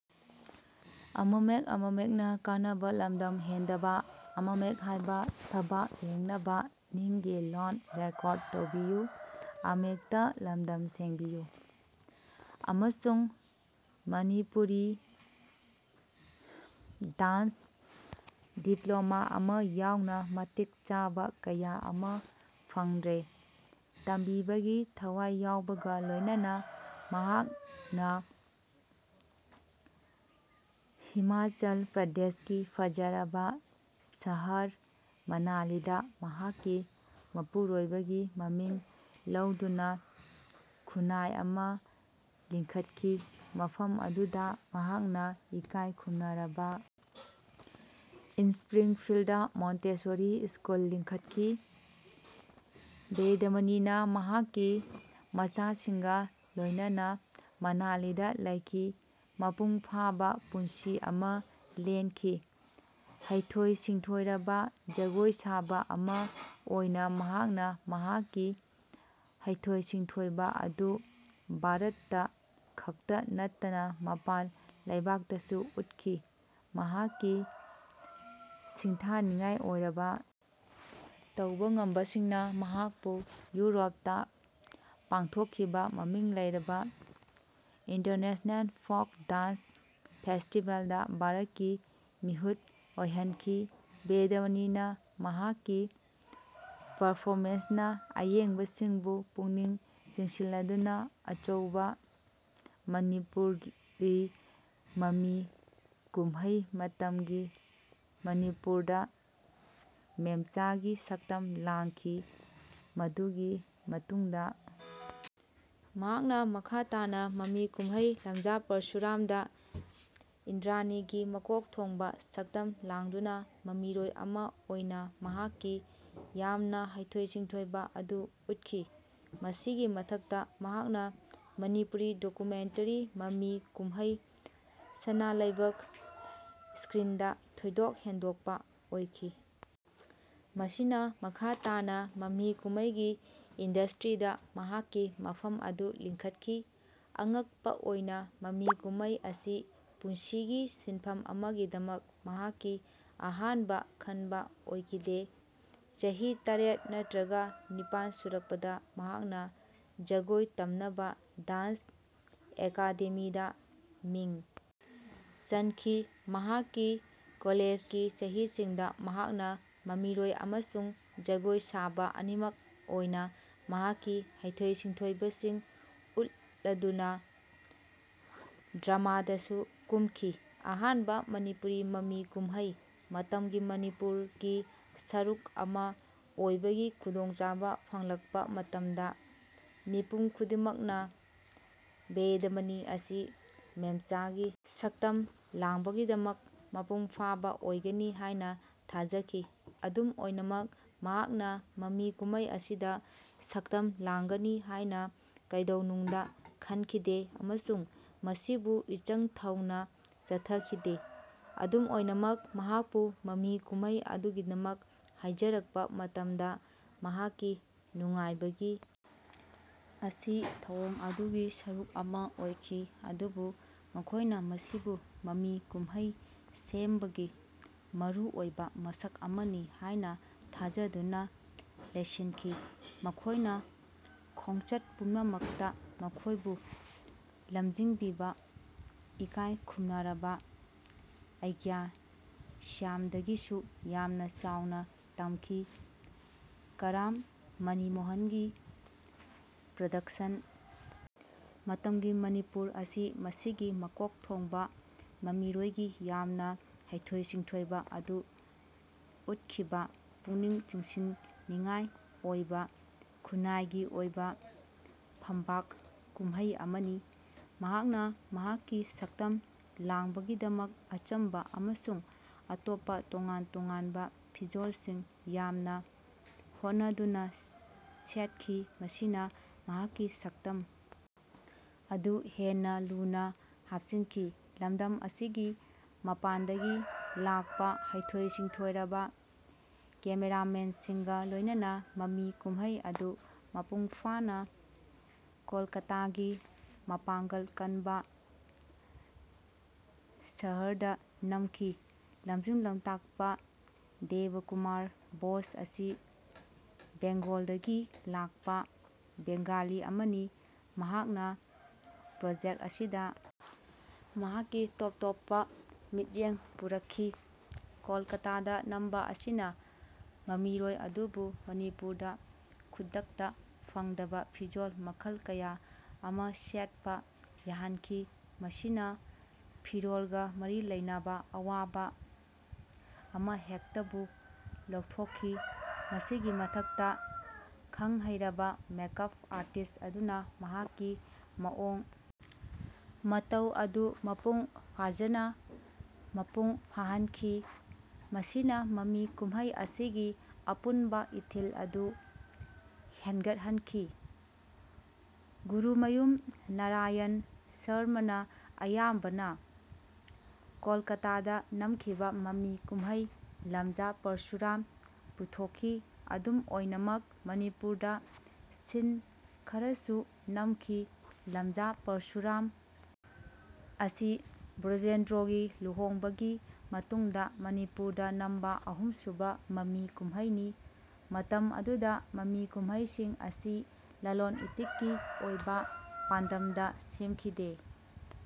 ꯑꯃꯁꯨꯡ ꯃꯅꯤꯄꯨꯔꯤ ꯗꯥꯟ꯭ꯁꯇ ꯗꯤꯄ꯭ꯂꯣꯃꯥ ꯑꯃꯥ ꯌꯥꯎꯅ ꯃꯇꯤꯛ ꯆꯥꯕ ꯀꯌꯥ ꯑꯃ ꯐꯪꯈ꯭ꯔꯦ꯫ ꯇꯝꯕꯤꯕꯒꯤ ꯊꯋꯥꯏ ꯌꯥꯎꯕꯒ ꯂꯣꯏꯅꯅ, ꯃꯍꯥꯛꯅ ꯍꯤꯃꯥꯆꯜ ꯄ꯭ꯔꯗꯦꯁꯀꯤ ꯐꯖꯔꯕ ꯁꯍꯔ ꯃꯅꯥꯂꯤꯗ ꯃꯍꯥꯛꯀꯤ ꯃꯄꯨꯔꯣꯏꯕꯒꯤ ꯃꯃꯤꯡ ꯂꯧꯗꯨꯅ ꯈꯨꯟꯅꯥꯏ ꯑꯃ ꯂꯤꯡꯈꯠꯈꯤ꯫ ꯃꯐꯝ ꯑꯗꯨꯗ ꯃꯍꯥꯛꯅ ꯏꯀꯥꯏ ꯈꯨꯝꯅꯔꯕ ꯢꯁꯄ꯭ꯔꯤꯡꯐꯤꯜꯗ ꯃꯣꯟꯇꯦꯁꯣꯔꯤ ꯁ꯭ꯀꯨꯜ ꯂꯤꯡꯈꯠꯈꯤ꯫ ꯕꯦꯗꯃꯅꯤꯅ ꯃꯍꯥꯛꯀꯤ ꯃꯆꯥꯁꯤꯡꯒ ꯂꯣꯏꯅꯅ ꯃꯅꯥꯂꯤꯗ ꯂꯩꯈꯤ, ꯃꯄꯨꯡ ꯐꯥꯕ ꯄꯨꯟꯁꯤ ꯑꯃ ꯂꯦꯟꯈꯤ꯫ ꯍꯩꯊꯣꯏ-ꯁꯤꯡꯊꯣꯏꯔꯕ ꯖꯒꯣꯏ ꯁꯥꯕ ꯑꯃ ꯑꯣꯏꯅ ꯃꯍꯥꯛꯅ ꯃꯍꯥꯛꯀꯤ ꯍꯩꯊꯣꯏ-ꯁꯤꯡꯊꯣꯏꯕ ꯑꯗꯨ ꯚꯥꯔꯠꯇ ꯈꯛꯇ ꯅꯠꯇꯅ ꯃꯄꯥꯟ ꯂꯩꯕꯥꯛꯇꯁꯨ ꯎꯠꯈꯤ꯫ ꯃꯍꯥꯛꯀꯤ ꯁꯤꯡꯊꯥꯅꯤꯡꯉꯥꯏ ꯑꯣꯏꯔꯕ ꯇꯧꯕ ꯉꯝꯕꯁꯤꯡꯅ ꯃꯍꯥꯛꯄꯨ ꯌꯨꯔꯣꯞꯇ ꯄꯥꯡꯊꯣꯛꯈꯤꯕ ꯃꯃꯤꯡ ꯂꯩꯔꯕ ꯏꯟꯇꯔꯅꯦꯁꯅꯦꯜ ꯐꯣꯛ ꯗꯥꯟ꯭ꯁ ꯐꯦꯁꯇꯤꯕꯦꯜꯗ ꯚꯥꯔꯠꯀꯤ ꯃꯤꯍꯨꯠ ꯑꯣꯏꯍꯟꯈꯤ꯫ ꯕꯦꯗꯃꯅꯤꯅ ꯃꯍꯥꯛꯀꯤ ꯄꯔꯐꯣꯃꯦꯟꯁ ꯅ ꯑꯌꯦꯡꯕꯁꯤꯡꯕꯨ ꯄꯨꯛꯅꯤꯡ ꯆꯤꯡꯁꯤꯜꯂꯗꯨꯅ ꯑꯆꯧꯕ ꯃꯅꯤꯄꯨꯔꯤ ꯃꯃꯤ ꯀꯨꯝꯍꯩ ꯃꯇꯝꯒꯤ ꯃꯅꯤꯄꯨꯔ ꯗ ꯃꯦꯝꯆꯥꯒꯤ ꯁꯛꯇꯝ ꯂꯥꯡꯈꯤ꯫ ꯃꯗꯨꯒꯤ ꯃꯇꯨꯡꯗ ꯃꯍꯥꯛꯅ ꯃꯈꯥ ꯇꯥꯅ ꯃꯃꯤ ꯀꯨꯝꯍꯩ ꯂꯝꯖꯥ ꯄꯔꯁꯨꯔꯥꯝ ꯗ ꯏꯟꯗ꯭ꯔꯥꯅꯤꯒꯤ ꯃꯀꯣꯛ ꯊꯣꯡꯕ ꯁꯛꯇꯝ ꯂꯥꯡꯗꯨꯅ ꯃꯃꯤꯔꯣꯏ ꯑꯃ ꯑꯣꯏꯅ ꯃꯍꯥꯛꯀꯤ ꯌꯥꯝꯅ ꯍꯩꯊꯣꯏ-ꯁꯤꯡꯊꯣꯏꯕ ꯑꯗꯨ ꯎꯠꯈꯤ꯫ ꯃꯁꯤꯒꯤ ꯃꯊꯛꯇ, ꯃꯍꯥꯛꯅ ꯃꯅꯤꯄꯨꯔꯤ ꯗꯣꯀꯨꯃꯦꯟꯇꯔꯤ ꯃꯃꯤ ꯀꯨꯝꯍꯩ ꯁꯅꯥꯂꯩꯕꯛ ꯢꯁꯀ꯭ꯔꯤꯟꯗ ꯊꯣꯏꯗꯣꯛ ꯍꯦꯟꯗꯣꯛꯄ ꯑꯣꯏꯈꯤ, ꯃꯁꯤꯅ ꯃꯈꯥ ꯇꯥꯅ ꯃꯃꯤ ꯀꯨꯝꯍꯩꯒꯤ ꯏꯟꯗꯁꯇ꯭ꯔꯤꯗ ꯃꯍꯥꯛꯀꯤ ꯃꯐꯝ ꯑꯗꯨ ꯂꯤꯡꯈꯠꯈꯤ꯫ ꯑꯉꯛꯄ ꯑꯣꯏꯅ, ꯃꯃꯤ ꯀꯨꯝꯍꯩ ꯑꯁꯤ ꯄꯨꯟꯁꯤꯒꯤ ꯁꯤꯟꯐꯝ ꯑꯃꯒꯤꯗꯃꯛ ꯃꯍꯥꯛꯀꯤ ꯑꯍꯥꯟꯕ ꯈꯟꯕ ꯑꯣꯏꯈꯤꯗꯦ꯫ ꯆꯍꯤ ꯇꯔꯦꯠ ꯅꯠꯇ꯭ꯔꯒ ꯅꯤꯄꯥꯟ ꯁꯨꯔꯛꯄꯗ ꯃꯍꯥꯛꯅ ꯖꯒꯣꯏ ꯇꯝꯅꯕ ꯗꯥꯟ꯭ꯁ ꯑꯦꯀꯥꯗꯦꯃꯤꯗ ꯃꯤꯡ ꯆꯟꯈꯤ꯫ ꯃꯍꯥꯛꯀꯤ ꯀꯣꯂꯦꯖꯒꯤ ꯆꯍꯤꯁꯤꯡꯗ ꯃꯍꯥꯛꯅ ꯃꯃꯤꯔꯣꯏ ꯑꯃꯁꯨꯡ ꯖꯒꯣꯏ ꯁꯥꯕ ꯑꯅꯤꯃꯛ ꯑꯣꯏꯅ ꯃꯍꯥꯛꯀꯤ ꯍꯩꯊꯣꯏ-ꯁꯤꯡꯊꯣꯏꯕꯁꯤꯡ ꯎꯠꯂꯗꯨꯅ ꯗ꯭ꯔꯃꯥꯗꯁꯨ ꯀꯨꯝꯈꯤ꯫ ꯑꯍꯥꯟꯕ ꯃꯅꯤꯄꯨꯔꯤ ꯃꯃꯤ ꯀꯨꯝꯍꯩ, "ꯃꯇꯝꯒꯤ ꯃꯅꯤꯄꯨꯔ"ꯒꯤ ꯁꯔꯨꯛ ꯑꯃ ꯑꯣꯏꯕꯒꯤ ꯈꯨꯗꯣꯡꯆꯥꯕ ꯐꯪꯂꯛꯄ ꯃꯇꯝꯗ, ꯃꯤꯄꯨꯝ ꯈꯨꯗꯤꯡꯃꯛꯅ ꯕꯦꯗꯃꯅꯤ ꯑꯁꯤ ꯃꯦꯝꯆꯥꯒꯤ ꯁꯛꯇꯝ ꯂꯥꯡꯕꯒꯤꯗꯃꯛ ꯃꯄꯨꯡ ꯐꯥꯕ ꯑꯣꯏꯒꯅꯤ ꯍꯥꯏꯅ ꯊꯥꯖꯈꯤ꯫ ꯑꯗꯨꯝ ꯑꯣꯏꯅꯃꯛ, ꯃꯍꯥꯛꯅ ꯃꯃꯤ ꯀꯨꯝꯍꯩ ꯑꯁꯤꯗ ꯁꯛꯇꯝ ꯂꯥꯡꯒꯅꯤ ꯍꯥꯏꯅ ꯀꯩꯗꯧꯅꯨꯡꯗ ꯈꯟꯈꯤꯗꯦ ꯑꯃꯁꯨꯡ ꯃꯁꯤꯕꯨ ꯏꯆꯪ ꯊꯧꯅ ꯆꯠꯊꯈꯤꯗꯦ꯫ ꯑꯗꯨꯝ ꯑꯣꯏꯅꯃꯛ, ꯃꯍꯥꯛꯄꯨ ꯃꯃꯤ ꯀꯨꯝꯍꯩ ꯑꯗꯨꯒꯤꯗꯃꯛ ꯍꯥꯏꯖꯔꯛꯄ ꯃꯇꯝꯗ ꯃꯍꯥꯛꯀꯤ ꯅꯨꯡꯉꯥꯏꯕꯒꯤ ꯑꯁꯤ ꯊꯧꯑꯣꯡ ꯑꯗꯨꯒꯤ ꯁꯔꯨꯛ ꯑꯃ ꯑꯣꯏꯈꯤ, ꯑꯗꯨꯕꯨ ꯃꯈꯣꯏꯅ ꯃꯁꯤꯕꯨ ꯃꯃꯤ ꯀꯨꯝꯍꯩ ꯁꯦꯝꯕꯒꯤ ꯃꯔꯨꯑꯣꯏꯕ ꯃꯁꯛ ꯑꯃꯅꯤ ꯍꯥꯏꯅ ꯊꯥꯖꯗꯨꯅ ꯂꯧꯁꯤꯟꯈꯤ꯫ ꯃꯈꯣꯏꯅ ꯈꯣꯡꯆꯠ ꯄꯨꯝꯅꯃꯛꯇ ꯃꯈꯣꯏꯕꯨ ꯂꯝꯖꯤꯡꯈꯤꯕ ꯏꯀꯥꯏ ꯈꯨꯝꯅꯔꯕ ꯑꯩꯒ꯭ꯌꯥ ꯁ꯭ꯌꯥꯝꯗꯒꯤꯁꯨ ꯌꯥꯝꯅ ꯆꯥꯎꯅ ꯇꯝꯈꯤ꯫ ꯀꯔꯥꯝ ꯃꯅꯤꯃꯣꯍꯟꯒꯤ ꯄ꯭ꯔꯣꯗꯛꯁꯟ, "ꯃꯇꯝꯒꯤ ꯃꯅꯤꯄꯨꯔ"ꯑꯁꯤ ꯃꯁꯤꯒꯤ ꯃꯀꯣꯛ ꯊꯣꯡꯕ ꯃꯃꯤꯔꯣꯏꯒꯤ ꯌꯥꯝꯅ ꯍꯩꯊꯣꯏ-ꯁꯤꯡꯊꯣꯏꯕ ꯑꯗꯨ ꯎꯠꯈꯤꯕ ꯄꯨꯛꯅꯤꯡ ꯆꯤꯡꯁꯤꯟꯅꯤꯡꯉꯥꯏ ꯑꯣꯏꯕ ꯈꯨꯟꯅꯥꯏꯒꯤ ꯑꯣꯏꯕ ꯐꯝꯕꯥꯛ ꯀꯨꯝꯍꯩ ꯑꯃꯅꯤ꯫ ꯃꯍꯥꯛꯅ ꯃꯍꯥꯛꯀꯤ ꯁꯛꯇꯝ ꯂꯥꯡꯕꯒꯤꯗꯃꯛ ꯑꯆꯝꯕ ꯑꯃꯁꯨꯡ ꯑꯇꯣꯞꯄ ꯇꯣꯉꯥꯟ-ꯇꯣꯉꯥꯟꯕ ꯐꯤꯖꯣꯜꯁꯤꯡ ꯌꯥꯝꯅ ꯍꯣꯠꯅꯗꯨꯅ ꯁꯦꯠꯈꯤ, ꯃꯁꯤꯅ ꯃꯍꯥꯛꯀꯤ ꯁꯛꯇꯝ ꯑꯗꯨ ꯍꯦꯟꯅ ꯂꯨꯅ ꯍꯥꯞꯆꯤꯟꯈꯤ꯫ ꯂꯝꯗꯝ ꯑꯁꯤꯒꯤ ꯃꯄꯥꯟꯗꯒꯤ ꯂꯥꯛꯄ ꯍꯩꯊꯣꯏ-ꯁꯤꯡꯊꯣꯏꯔꯕ ꯀꯦꯃꯦꯔꯥꯃꯦꯟꯁꯤꯡꯒ ꯂꯣꯏꯅꯅ, ꯃꯃꯤ ꯀꯨꯝꯍꯩ ꯑꯗꯨ ꯃꯄꯨꯡ ꯐꯥꯅ ꯀꯣꯜꯀꯥꯇꯥꯒꯤ ꯃꯄꯥꯡꯒꯜ ꯀꯟꯕ ꯁꯍꯔꯗ ꯅꯝꯈꯤ꯫ ꯂꯝꯖꯤꯡ ꯂꯝꯇꯥꯛꯄ ꯗꯦꯕꯀꯨꯃꯥꯔ ꯕꯣꯁ ꯑꯁꯤ ꯕꯦꯡꯒꯣꯜꯗꯒꯤ ꯂꯥꯛꯄ ꯕꯦꯡꯒꯣꯂꯤ ꯑꯃꯅꯤ, ꯃꯍꯥꯛꯅ ꯄ꯭ꯔꯣꯖꯦꯛ ꯑꯁꯤꯗ ꯃꯍꯥꯛꯀꯤ ꯇꯣꯞ-ꯇꯣꯞꯄ ꯃꯤꯠꯌꯦꯡ ꯄꯨꯔꯛꯈꯤ꯫ ꯀꯣꯜꯀꯥꯇꯥꯗ ꯅꯝꯕ ꯑꯁꯤꯅ ꯃꯃꯤꯔꯣꯏ ꯑꯗꯨꯕꯨ ꯃꯅꯤꯄꯨꯔꯗ ꯈꯨꯗꯛꯇ ꯐꯪꯗꯕ ꯐꯤꯖꯣꯜ ꯃꯈꯜ ꯀꯌꯥ ꯑꯃ ꯁꯦꯠꯄ ꯌꯥꯍꯟꯈꯤ, ꯃꯁꯤꯅ ꯐꯤꯔꯣꯜꯒ ꯃꯔꯤ ꯂꯩꯅꯕ ꯑꯋꯥꯕ ꯑꯃꯍꯦꯛꯇꯕꯨ ꯂꯧꯊꯣꯛꯈꯤ꯫ ꯃꯁꯤꯒꯤ ꯃꯊꯛꯇ, ꯈꯪꯍꯩꯔꯕ ꯃꯦꯀꯞ ꯑꯥꯔꯇꯤꯁ ꯑꯗꯨꯅ ꯃꯍꯥꯛꯀꯤ ꯃꯑꯣꯡ ꯃꯇꯧ ꯑꯗꯨ ꯃꯄꯨꯡ ꯐꯥꯖꯅ ꯃꯄꯨꯡ ꯐꯥꯍꯟꯈꯤ, ꯃꯁꯤꯅ ꯃꯃꯤ ꯀꯨꯝꯍꯩ ꯑꯁꯤꯒꯤ ꯑꯄꯨꯟꯕ ꯏꯊꯤꯜ ꯑꯗꯨ ꯍꯦꯟꯒꯠꯍꯟꯈꯤ꯫ ꯒꯨꯔꯨꯃꯌꯨꯝ ꯅꯥꯔꯥꯌꯟ ꯁꯔꯃꯅ ꯑꯌꯥꯝꯕꯅ ꯀꯣꯜꯀꯥꯇꯥꯗ ꯅꯝꯈꯤꯕ ꯃꯃꯤ ꯀꯨꯝꯍꯩ ꯂꯝꯖꯥ ꯄꯔꯁꯨꯔꯥꯝ ꯄꯨꯊꯣꯛꯈꯤ꯫ ꯑꯗꯨꯝ ꯑꯣꯏꯅꯃꯛ, ꯃꯅꯤꯄꯨꯔꯗ ꯁꯤꯟ ꯈꯔꯁꯨ ꯅꯝꯈꯤ꯫ ꯂꯝꯖꯥ ꯄꯔꯁꯨꯔꯥꯝ ꯑꯁꯤ ꯕ꯭ꯔꯣꯖꯦꯟꯗ꯭ꯔꯣꯒꯤ ꯂꯨꯍꯣꯡꯕꯥꯒꯤ ꯃꯇꯨꯡꯗ ꯃꯅꯤꯄꯨꯔꯗ ꯅꯝꯕ ꯑꯍꯨꯝꯁꯨꯕ ꯃꯃꯤ ꯀꯨꯝꯍꯩꯅꯤ꯫ ꯃꯇꯝ ꯑꯗꯨꯗ ꯃꯃꯤ ꯀꯨꯝꯍꯩꯁꯤꯡ ꯑꯁꯤ ꯂꯂꯣꯟ-ꯏꯇꯤꯛꯀꯤ ꯑꯣꯏꯕ ꯄꯥꯟꯗꯝꯗ ꯁꯦꯝꯈꯤꯗꯦ꯫